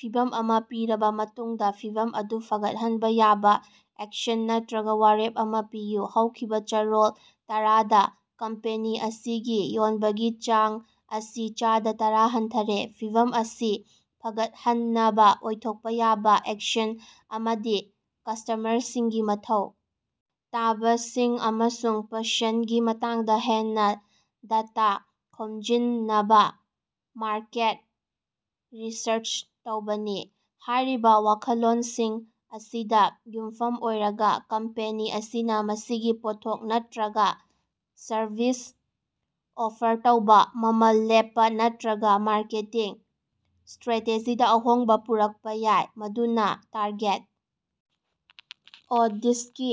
ꯐꯤꯚꯝ ꯑꯃ ꯄꯤꯔꯕꯥ ꯃꯇꯨꯡꯗ, ꯐꯤꯚꯝ ꯑꯗꯨ ꯐꯒꯠꯍꯟꯕꯥ ꯌꯥꯕ ꯑꯦꯛꯁꯟ ꯅꯠꯇꯔꯒ ꯋꯥꯔꯦꯞ ꯑꯃ ꯄꯤꯌꯨ꯫ ꯍꯧꯈꯤꯕ ꯆꯌꯣꯜ ꯇꯔꯥꯗ ꯀꯝꯄꯦꯅꯤ ꯑꯁꯤꯒꯤ ꯌꯣꯟꯕꯒꯤ ꯆꯥꯡ ꯑꯁꯤ ꯆꯥꯗ ꯇꯥꯔ ꯍꯟꯊꯔꯦ꯫ ꯐꯤꯚꯝ ꯑꯁꯤ ꯐꯒꯠꯍꯟꯅꯕꯥ ꯑꯣꯏꯊꯣꯛꯄ ꯌꯥꯕ ꯑꯦꯛꯁꯟ ꯑꯃꯗꯤ ꯀꯁ꯭ꯇꯃꯔꯁꯤꯡꯒꯤ ꯃꯊꯧ ꯇꯥꯕꯁꯤꯡ ꯑꯃꯁꯨꯡ ꯄꯁꯟꯗꯒꯤ ꯃꯇꯥꯡꯗ ꯍꯦꯟꯅꯥ ꯗꯇꯥ ꯈꯣꯝꯖꯤꯟꯅꯕꯥ ꯃꯥꯔꯀꯦꯠ ꯔꯤꯁꯔꯆ ꯇꯧꯕꯅꯤ꯫ ꯍꯥꯏꯔꯤꯕ ꯋꯥꯈꯜꯂꯣꯟꯁꯤꯡ ꯑꯁꯤꯗ ꯌꯨꯝꯐꯝ ꯑꯣꯏꯔꯒ ꯀꯝꯄꯦꯅꯤ ꯑꯁꯤꯅ ꯃꯁꯤꯒꯤ ꯄꯣꯠꯊꯣꯛ ꯅꯠꯇꯔꯒꯥ ꯁꯔꯕꯤꯁ ꯑꯣꯐꯔ ꯇꯧꯕ, ꯃꯃꯜ ꯂꯦꯞꯄꯥ ꯅꯠꯇꯔꯒ ꯃꯥꯔꯀꯦꯇꯤꯡ ꯁ꯭ꯇꯔꯦꯇꯦꯖꯤꯗ ꯑꯍꯣꯡꯕ ꯄꯨꯔꯛꯄꯥ ꯌꯥꯏ ꯃꯗꯨꯅꯥ ꯇꯥꯔꯒꯦꯠ ꯑꯣꯗꯤꯁꯒꯤ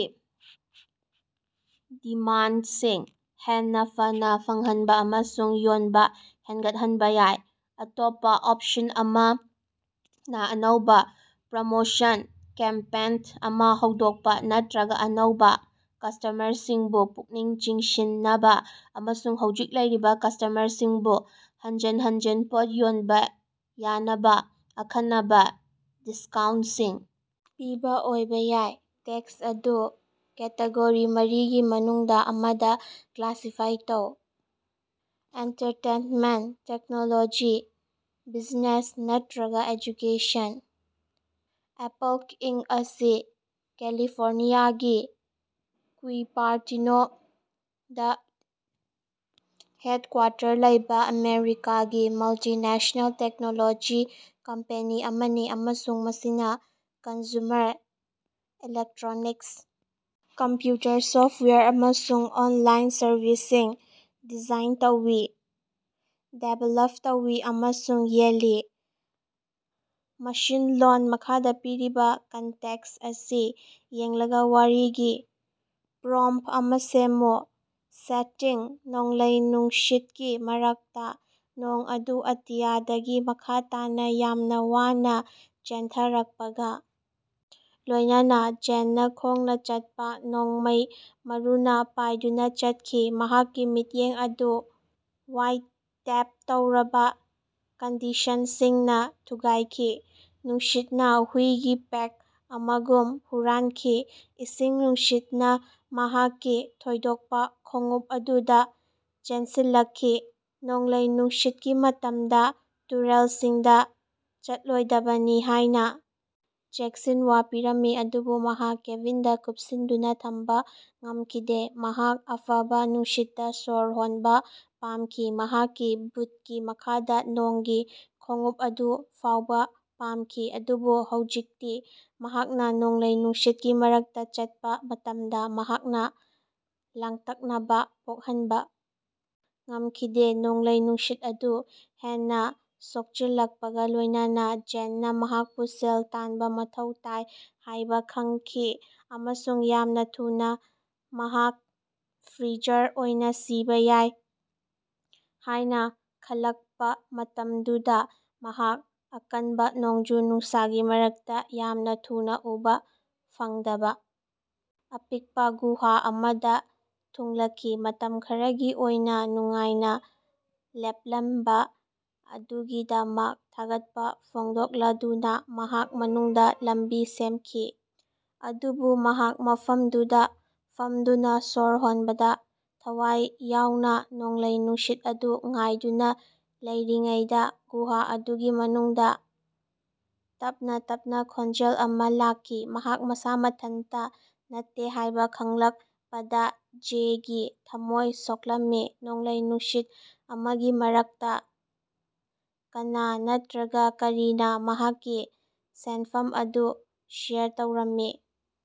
ꯗꯤꯃꯥꯟꯗꯁꯤꯡ ꯍꯦꯟꯅꯥ ꯐꯅꯥ ꯐꯪꯍꯟꯕ ꯑꯃꯁꯨꯡ ꯌꯣꯟꯕꯥ ꯍꯦꯒꯠꯍꯟꯕ ꯌꯥꯏ꯫ ꯑꯇꯣꯞꯄꯥ ꯑꯣꯞꯁꯟ ꯑꯃꯅ ꯑꯅꯧꯕꯥ ꯄ꯭ꯔꯃꯣꯁꯟ ꯀꯦꯝꯄꯦꯟ ꯑꯃ ꯍꯧꯗꯣꯛꯄꯥ ꯅꯠꯇꯔꯒ ꯑꯅꯧꯕ ꯀꯁ꯭ꯇꯃꯔꯁꯤꯡꯕꯨ ꯄꯨꯛꯅꯤꯡ ꯆꯤꯡꯁꯤꯟꯅꯕ ꯑꯃꯁꯨꯡ ꯍꯧꯖꯤꯛ ꯂꯩꯔꯤꯕ ꯀꯁ꯭ꯇꯃꯔꯁꯤꯡꯕꯨ ꯍꯟꯖꯤꯟ ꯍꯟꯖꯤꯟ ꯄꯣꯠ ꯌꯣꯟꯕꯥ ꯌꯥꯅꯕꯥ ꯑꯈꯟꯅꯕꯥ ꯗꯤꯁꯀꯥꯎꯟꯇꯁꯤꯡ ꯄꯤꯕꯥ ꯑꯣꯏꯕꯥ ꯌꯥꯏ꯫ ꯇꯦꯛꯁꯠ ꯑꯗꯨ ꯀꯦꯇꯦꯒꯣꯔꯤ ꯃꯔꯤ ꯒꯤ ꯃꯅꯨꯡꯗꯥ ꯑꯃꯗ ꯀ꯭ꯂꯥꯁꯤꯐꯥꯏ ꯇꯧ: ꯑꯦꯟꯇꯔꯇꯦꯟꯃꯦꯟꯇ, ꯇꯦꯛꯅꯣꯂꯣꯖꯤ, ꯕꯤꯖꯅꯦꯁ, ꯅꯠꯇꯔꯒ ꯑꯦꯖꯨꯀꯦꯁꯟ꯫ ꯑꯦꯄꯜ ꯏꯟꯀ ꯑꯁꯤ ꯀꯦꯂꯤꯐꯣꯔꯅꯤꯌꯥꯒꯤ ꯀ꯭ꯌꯨꯄꯥꯔꯇꯤꯅꯣꯗꯥ ꯍꯦꯠꯀꯋꯥꯇꯔ ꯂꯩꯕ ꯑꯃꯦꯔꯤꯀꯥꯒꯤ ꯃꯜꯇꯤꯅꯦꯁ꯭ꯅꯦꯜ ꯇꯦꯛꯅꯣꯂꯣꯖꯤ ꯀꯝꯄꯦꯅꯤ ꯑꯃꯅꯤ ꯑꯃꯁꯨꯡ ꯃꯁꯤꯅ ꯀꯟꯖꯨꯃꯔ ꯏꯂꯦꯛꯇꯔꯣꯅꯤꯛꯁ, ꯀꯝꯄꯌꯨꯇꯔ ꯁꯣꯐꯋꯦꯌꯔ ꯑꯃꯁꯨꯡ ꯑꯣꯟꯂꯥꯏꯟ ꯁꯔꯚꯤꯁꯁꯤꯡ ꯗꯤꯖꯥꯏꯟ ꯇꯧꯏ, ꯗꯤꯕꯦꯂꯞ ꯇꯧꯏ ꯑꯃꯁꯨꯡ ꯌꯣꯜꯂꯤ꯫ ꯃꯁꯤꯟꯂꯣꯟ ꯃꯈꯥꯗ ꯄꯤꯔꯤꯕ ꯀꯟꯇꯦꯛꯁ ꯑꯁꯤ ꯌꯦꯡꯂꯒ ꯋꯥꯔꯤ ꯒꯤ ꯄ꯭ꯔꯣꯝꯇ ꯑꯃ ꯁꯦꯝꯃꯨ꯫ ꯁꯦꯇꯤꯡ ꯅꯣꯡꯂꯩ-ꯅꯨꯡꯁꯤꯠꯀꯤ ꯃꯔꯛꯇ꯫ ꯅꯣꯡ ꯑꯗꯨ ꯑꯇꯤꯌꯥꯗꯒꯤ ꯃꯈꯥ ꯇꯥꯅ ꯌꯥꯝꯅ ꯋꯥꯅ ꯆꯦꯟꯊꯔꯛꯄꯒ ꯂꯣꯏꯅꯅꯥ ꯖꯦꯟꯅꯥ ꯈꯣꯡꯅꯥ ꯆꯠꯄꯥ ꯅꯣꯡꯃꯩ ꯃꯔꯨꯅꯥ ꯄꯥꯏꯗꯨꯅ ꯆꯠꯈꯤ, ꯃꯍꯥꯛꯀꯤ ꯃꯤꯠꯌꯦꯡ ꯑꯗꯨ ꯋꯥꯏꯇꯦꯞ ꯇꯧꯔꯕꯥ ꯀꯟꯗꯤꯁꯟꯁꯤꯡꯅ ꯊꯨꯒꯥꯏꯈꯤ꯫ ꯅꯨꯡꯁꯤꯠꯅ ꯍꯨꯏꯒꯤ ꯄꯦꯛ ꯑꯃꯒꯨꯝ ꯍꯨꯔꯥꯟꯈꯤ, ꯏꯁꯤꯡ ꯅꯨꯡꯁꯤꯠꯅ ꯃꯍꯥꯛꯀꯤ ꯊꯣꯏꯗꯣꯛꯄꯥ ꯈꯣꯡꯎꯞ ꯑꯗꯨꯗ ꯆꯦꯟꯁꯤꯜꯂꯛꯈꯤ꯫ ꯅꯣꯡꯂꯩ ꯅꯨꯡꯁꯤꯠꯀꯤ ꯃꯇꯝꯗ ꯇꯨꯔꯦꯜꯁꯤꯡꯗ ꯆꯠꯂꯣꯏꯗꯕꯅꯤ ꯍꯥꯏꯅ ꯆꯦꯛꯁꯤꯟꯋꯥ ꯄꯤꯔꯝꯃꯤ ꯑꯗꯨꯕꯨ ꯃꯍꯥꯛ ꯀꯦꯕꯤꯟꯗ ꯀꯨꯞꯁꯤꯟꯗꯨꯅ ꯊꯝꯕꯥ ꯉꯝꯈꯤꯗꯦ꯫ ꯃꯍꯥꯛ ꯑꯐꯕꯥ ꯅꯨꯡꯁꯤꯠꯇꯥ ꯁ꯭ꯕꯔ ꯍꯣꯟꯕꯥ ꯄꯥꯝꯈꯤ, ꯃꯍꯥꯛꯀꯤ ꯕꯨꯠꯀꯤ ꯃꯈꯥꯗ ꯅꯣꯡꯒꯤ ꯈꯣꯡꯎꯞ ꯑꯗꯨ ꯐꯥꯎꯕꯥ ꯄꯥꯝꯈꯤ꯫ ꯑꯗꯨꯕꯨ ꯍꯧꯖꯤꯛꯇꯤ ꯃꯍꯥꯛꯅ ꯅꯣꯡꯂꯩ ꯅꯨꯡꯁꯤꯠꯀꯤ ꯃꯔꯛꯇꯥ ꯆꯠꯄꯥ ꯃꯇꯝꯗꯥ, ꯃꯍꯥꯛꯅ ꯂꯥꯡꯇꯛꯅꯕꯥ ꯄꯣꯍꯟꯕꯥ ꯉꯝꯈꯤꯗꯦ꯫ ꯅꯣꯡꯂꯩ-ꯅꯨꯡꯁꯤꯠ ꯑꯗꯨ ꯍꯦꯟꯅꯥ ꯁꯣꯛꯆꯤꯜꯂꯛꯄꯒꯥ ꯂꯣꯏꯅꯅꯥ, ꯖꯦꯟꯅꯥ ꯃꯍꯥꯛꯄꯨ ꯁꯦꯜ ꯇꯥꯟꯕꯥ ꯃꯊꯧ ꯇꯥꯏ ꯍꯥꯏꯕꯥ ꯈꯪꯈꯤ ꯑꯃꯁꯨꯡ ꯌꯥꯝꯅꯥ ꯊꯨꯅꯥ꯫ ꯃꯍꯥꯛ ꯐ꯭ꯔꯤꯖꯔ ꯑꯣꯏꯅ ꯁꯤꯕꯥ ꯌꯥꯏ ꯍꯥꯏꯅꯥ ꯈꯜꯂꯛꯄꯥ ꯃꯇꯝꯗꯨꯗꯥ ꯃꯍꯥꯛ ꯑꯀꯟꯕꯥ ꯅꯣꯡꯖꯨ-ꯅꯨꯡꯁꯥꯒꯤ ꯃꯔꯛꯇꯥ ꯌꯥꯝꯅꯥ ꯊꯨꯅꯥ ꯎꯕꯥ ꯐꯪꯗꯕꯥ ꯑꯄꯤꯛꯄꯥ ꯒꯨꯍꯥ ꯑꯃꯗ ꯊꯨꯡꯂꯈꯤ꯫ ꯃꯇꯝ ꯈꯔꯒꯤ ꯑꯣꯏꯅꯥ ꯅꯨꯡꯉꯥꯏꯅꯥ ꯂꯦꯞꯂꯝꯕꯥ ꯑꯗꯨꯒꯤꯗꯃꯛ ꯊꯥꯒꯠꯄꯥ ꯐꯣꯡꯗꯣꯛꯂꯗꯨꯅꯥ ꯃꯍꯥꯛ ꯃꯅꯨꯡꯗꯥ ꯂꯝꯕꯤ ꯁꯦꯝꯈꯤ꯫ ꯑꯗꯨꯕꯨ ꯃꯍꯥꯛ ꯃꯐꯝꯗꯨꯗꯥ ꯐꯝꯗꯨꯅꯥ ꯁꯣꯔ ꯍꯣꯟꯕꯗꯥ ꯊꯋꯥꯏ ꯌꯥꯎꯅꯥ ꯅꯣꯡꯂꯩ ꯅꯨꯡꯁꯤꯠ ꯑꯗꯨ ꯉꯥꯏꯗꯨꯅꯥ ꯂꯩꯔꯤꯉꯩꯗ ꯒꯨꯍꯥ ꯑꯗꯨꯒꯤ ꯃꯅꯨꯡꯗꯥ ꯇꯞꯅꯥ ꯇꯞꯅꯥ ꯈꯣꯟꯖꯦꯜ ꯑꯃ ꯂꯥꯛꯈꯤ꯫ ꯃꯍꯥꯛ ꯃꯁꯥ ꯃꯊꯟꯇꯥ ꯅꯠꯇꯦ ꯍꯥꯏꯕꯥ ꯈꯪꯂꯛꯄꯗꯥ ꯖꯦꯒꯤ ꯊꯝꯃꯣꯏ ꯁꯣꯛꯂꯝꯃꯤ꯫ ꯅꯣꯡꯂꯩ ꯅꯨꯡꯁꯤꯠ ꯑꯃꯒꯤ ꯃꯔꯛꯇꯥ ꯀꯅꯅꯥ, ꯅꯠꯇꯔꯒꯥ ꯀꯔꯤꯅꯥ ꯃꯍꯥꯛꯀꯤ ꯁꯦꯜꯐꯝ ꯑꯗꯨ ꯁꯦꯌꯔ ꯇꯧꯔꯝꯃꯤ?